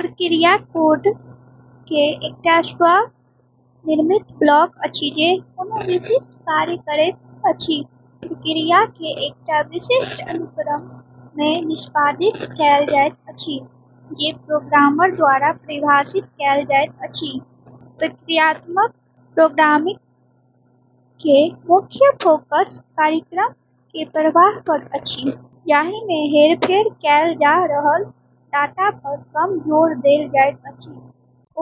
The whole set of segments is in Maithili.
प्रक्रिया कोड के एकटा स्व-निर्मित ब्लॉक अछि जे कोनो विशिष्ट कार्य करैत अछि। प्रक्रिया के एकटा विशिष्ट अनुक्रम मे निष्पादित कएल जाइत अछि जे प्रोग्रामर द्वारा परिभाषित कएल जाइत अछि। प्रक्रियात्मक प्रोग्रामिंग के मुख्य फोकस कार्यक्रम के प्रवाह पर अछि, जाहि मे हेरफेर कएल जा रहल डाटा पर कम जोर देल जाइत अछि।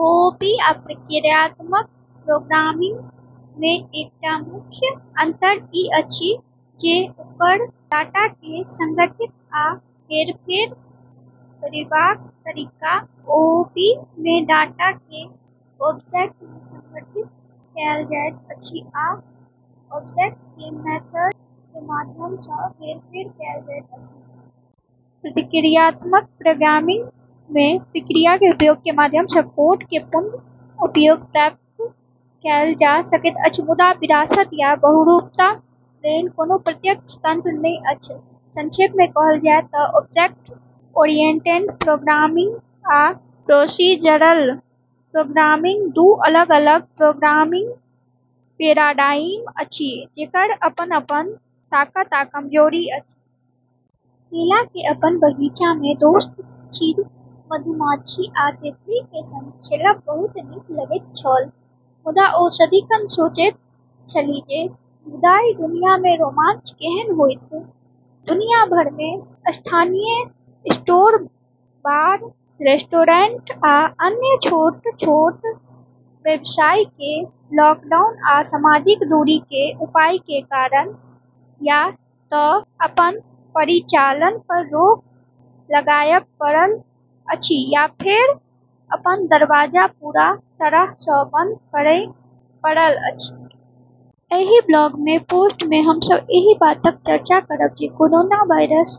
ओओपी आ प्रक्रियात्मक प्रोग्रामिंग मे एकटा मुख्य अंतर ई अछि जे ओकर डाटा के संगठित आ हेरफेर करयबाक तरीका। ओओपी मे, डाटा केँ ऑब्जेक्ट मे संगठित कएल जाइत अछि, आ ऑब्जेक्ट के मेथड के माध्यम सँ हेरफेर कएल जाइत अछि। प्रक्रियात्मक प्रोग्रामिंग मे प्रक्रिया के उपयोग के माध्यम सँ कोड के पुन: उपयोग प्राप्त कएल जा सकैत अछि, मुदा विरासत या बहुरूपता लेल कोनो प्रत्यक्ष तंत्र नहि अछि। संक्षेप मे कहल जाए तँ ऑब्जेक्ट-ओरिएंटेड प्रोग्रामिंग आ प्रोसीजरल प्रोग्रामिंग दू अलग-अलग प्रोग्रामिंग पैराडाइम अछि, जेकर अपन-अपन ताकत आ कमजोरी अछि। लीला केँ अपन बगीचा मे अपन दोस्त, चिड़ै, मधुमाछी, आ तितली के संग खेलब बहुत नीक लगैत छल। मुदा ओ सदिखन सोचैत छली जे जादुई दुनिया मे रोमांच केहन होइत। दुनिया भर मे स्थानीय स्टोर, बार, रेस्टोरेंट, आ अन्य छोट-छोट व्यवसाय केँ लॉकडाउन आ सामाजिक दूरी के उपाय के कारण या तँ अपन परिचालन पर रोक लगाबय पड़ल अछि या फेर अपन दरवाजा पूरा तरह सँ बंद करय पड़ल अछि। एहि ब्लॉग पोस्ट मे हम सब एहि बातक चर्चा करब जे कोरोना वायरस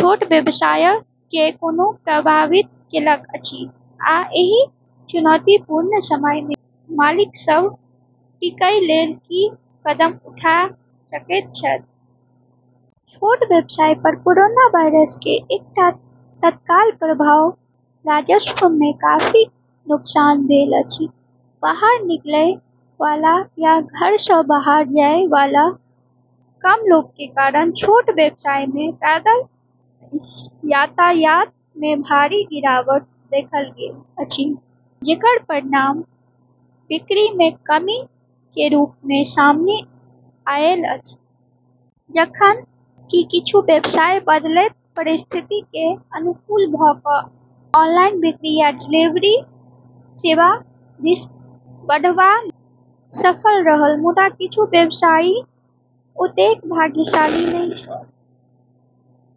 छोट व्यवसाय केँ कोना प्रभावित केलक अछि, आ एहि चुनौतीपूर्ण समय मे मालिक सब टिकय लेल की कदम उठा सकैत छथि। छोट व्यवसाय पर कोरोना वायरस के एकटा तत्काल प्रभाव राजस्व मे काफी नुकसान भेल अछि। बाहर निकलय वाला या घर सँ बाहर जाए वाला कम लोग के कारण छोट व्यवसाय मे पैदल यातायात मे भारी गिरावट देखल गेल अछि, जेकर परिणाम बिक्री मे कमी के रूप मे सामने आएल अछि। जखन कि किछु व्यवसाय बदलैत परिस्थिति के अनुकूल भ' क' ऑनलाइन बिक्री या डिलीवरी सेवा दिस बढ़बा मे सफल रहल, मुदा किछु व्यवसायी ओतेक भाग्यशाली नहि छल।